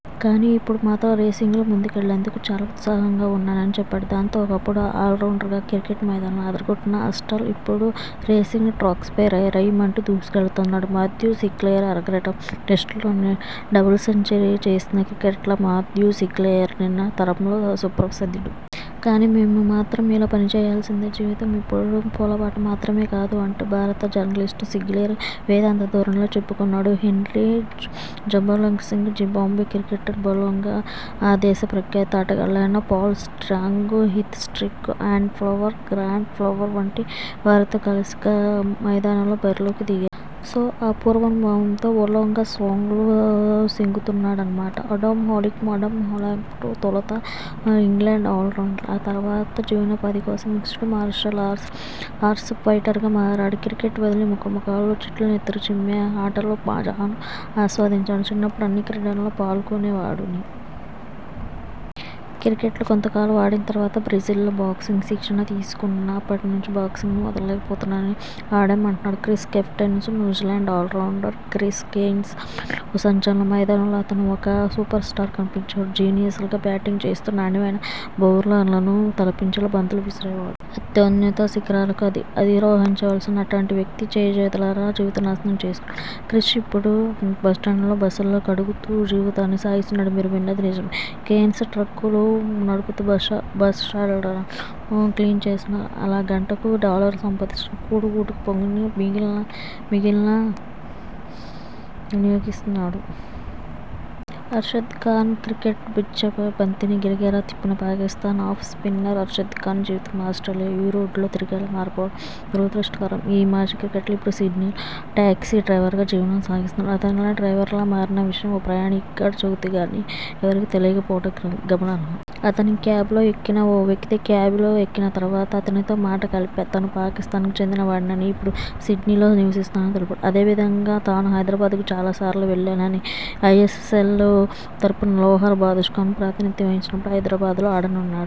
కానీ, ఇప్పుడు మాత్రం రేసింగ్లో ముందుకెళ్లేందుకు చాలా ఉత్సాహంగా ఉన్నాన'ని చెప్పాడు. దాంతో, ఒకప్పుడు ఆల్రౌండర్గా క్రికెట్ మైదానంలో అదరగొట్టిన ఆస్టల్ ఇప్పుడు రేసింగ్ ట్రాక్పై రయ్ రయ్ మంటూ దూసుకెళ్తున్నాడు. మాథ్యూ సింక్లెయిర్అరంగేట్రం టెస్టులోనే డబుల్ సెంచరీ చేసిన క్రికెటర్గా మాథ్యూ సింక్లెయిర్ నిన్నటి తరంలో సుప్రసిద్ధుడు. కానీ, మేము మాత్రం ఇలా పని చేయాల్సిందే. జీవితం ఎప్పుడూ పూలబాట మాత్రమే కాదు' అంటూ భారత జర్నలిస్ట్తో సింక్లెయిర్ వేదాంత ధోరణిలో చెప్పుకున్నాడు. హెన్రీ ఒలొంగాజింబాబ్వే క్రికెటర్ ఒలొంగా ఆ దేశ ప్రఖ్యాత ఆటగాళ్లయిన Paul Strang, Heath Streak, Andy Flower, Grant Flower వంటి వారితో కలిసి మైదానంలో బరిలోకి దిగాడు. సో ఆ పూర్వానుభవంతో ఒలొంగా సాంగ్లు సింగుతున్నాడన్నమాట! ఆడమ్ హోలియాక్ ఆడమ్ హోలియాక్ తొలుత ఇంగ్లండ్ ఆల్రౌండర్. ఆ తర్వాత జీవనోపాధి కోసం మిక్స్డ్ మార్షల్ ఆర్ట్స్ ఫైటర్గా మారాడు. క్రికెట్ వదిలి ముఖాలు చిట్లి నెత్తురు చిమ్మే ఆటలో మజాను ఆస్వాదిస్తున్నాడు. 'చిన్నప్పుడు అన్ని క్రీడల్లోనూ పాల్గొనేవాడిని. క్రికెటర్గా కొంతకాలం ఆడిన తర్వాత బ్రెజిల్లో బాక్సింగ్ శిక్షణ తీసుకున్నా. అప్పటి నుంచి బాక్సింగ్ను వదల్లేకపోతున్నాన'ని ఆడమ్ అంటున్నాడు. Chris Cairns New Zealand allrounder Chris Cairns అప్పట్లో ఓ సంచలనం. మైదానంలో అతనో ఒక సూపర్ స్టార్లా కనిపించేవాడు. జీనియస్లా బ్యాటింగ్ చేస్తూ నాణ్యమైన బౌలర్ను తలపించేలా బంతులు విసిరేవాడు. అత్యున్నత శిఖరాలను అధిరోహించాల్సిన అలాంటి వ్యక్తి చేజేతులా భవిష్యత్తును నాశనం చేసుకున్నాడు. క్రిస్ ఇప్పుడు బస్టాండుల్లో బస్సులను కడుగు తూ జీవనం సాగిస్తున్నాడు. మీరు విన్నది నిజమే. కెయిన్స్ ట్రక్కులు నడుపుతూ బస్ షెల్టర్లను క్లీన్ చేస్తున్నాడు. అలా గంటకు డాలర్లు సంపాదిస్తున్నాడు. కూడు గూడుకు పోను మిగిలినవి మొత్తం మ్యాచ్ ఫిక్సింగ్ కేసు లో న్యాయ ఖర్చుల కోసం వినియోగిస్తున్నాడు. అర్షద్ ఖాన్ క్రికెట్ పిచ్పై బంతిని గిరగిరా తిప్పిన పాకిస్థాన్ ఆఫ్ స్పిన్నర్ అర్షద్ ఖాన్ జీవితం ఆస్ట్రేలి యా రోడ్లపై తిరిగేలా మారిపోవడం దురదృష్టకరం. ఈ మాజీ క్రికెటర్ ఇప్పుడు సిడ్నీలో టాక్సీ డ్రైవర్గా జీవనం సాగిస్తున్నాడు. అతనిలా డ్రైవర్గా మారిన విషయం ఓ ప్రయాణికుడు చెబితే గానీ ఎవరికీ తెలియకపోవడం గమనార్హం. అతని క్యాబ్లో ఎక్కిన ఓ వ్యక్తి 'క్యాబ్లో ఎక్కిన తర్వాత అతనితో మాట కలిపా. తాను పాకిస్థాన్కు చెందిన వాడినని, ఇప్పుడు సిడ్నీలో నివసిస్తున్నానని తెలిపాడు. అదే విధంగా తాను హైదరాబాద్కు చాలా సార్లు వెళ్లానని చెప్పాడు. ఐఎస్ఎల్ తరఫున లాహోర్ బాద్షాస్కు ప్రాతినిథ్యం వహించినప్పుడు హైదరాబాద్లో ఆడానన్నాడు.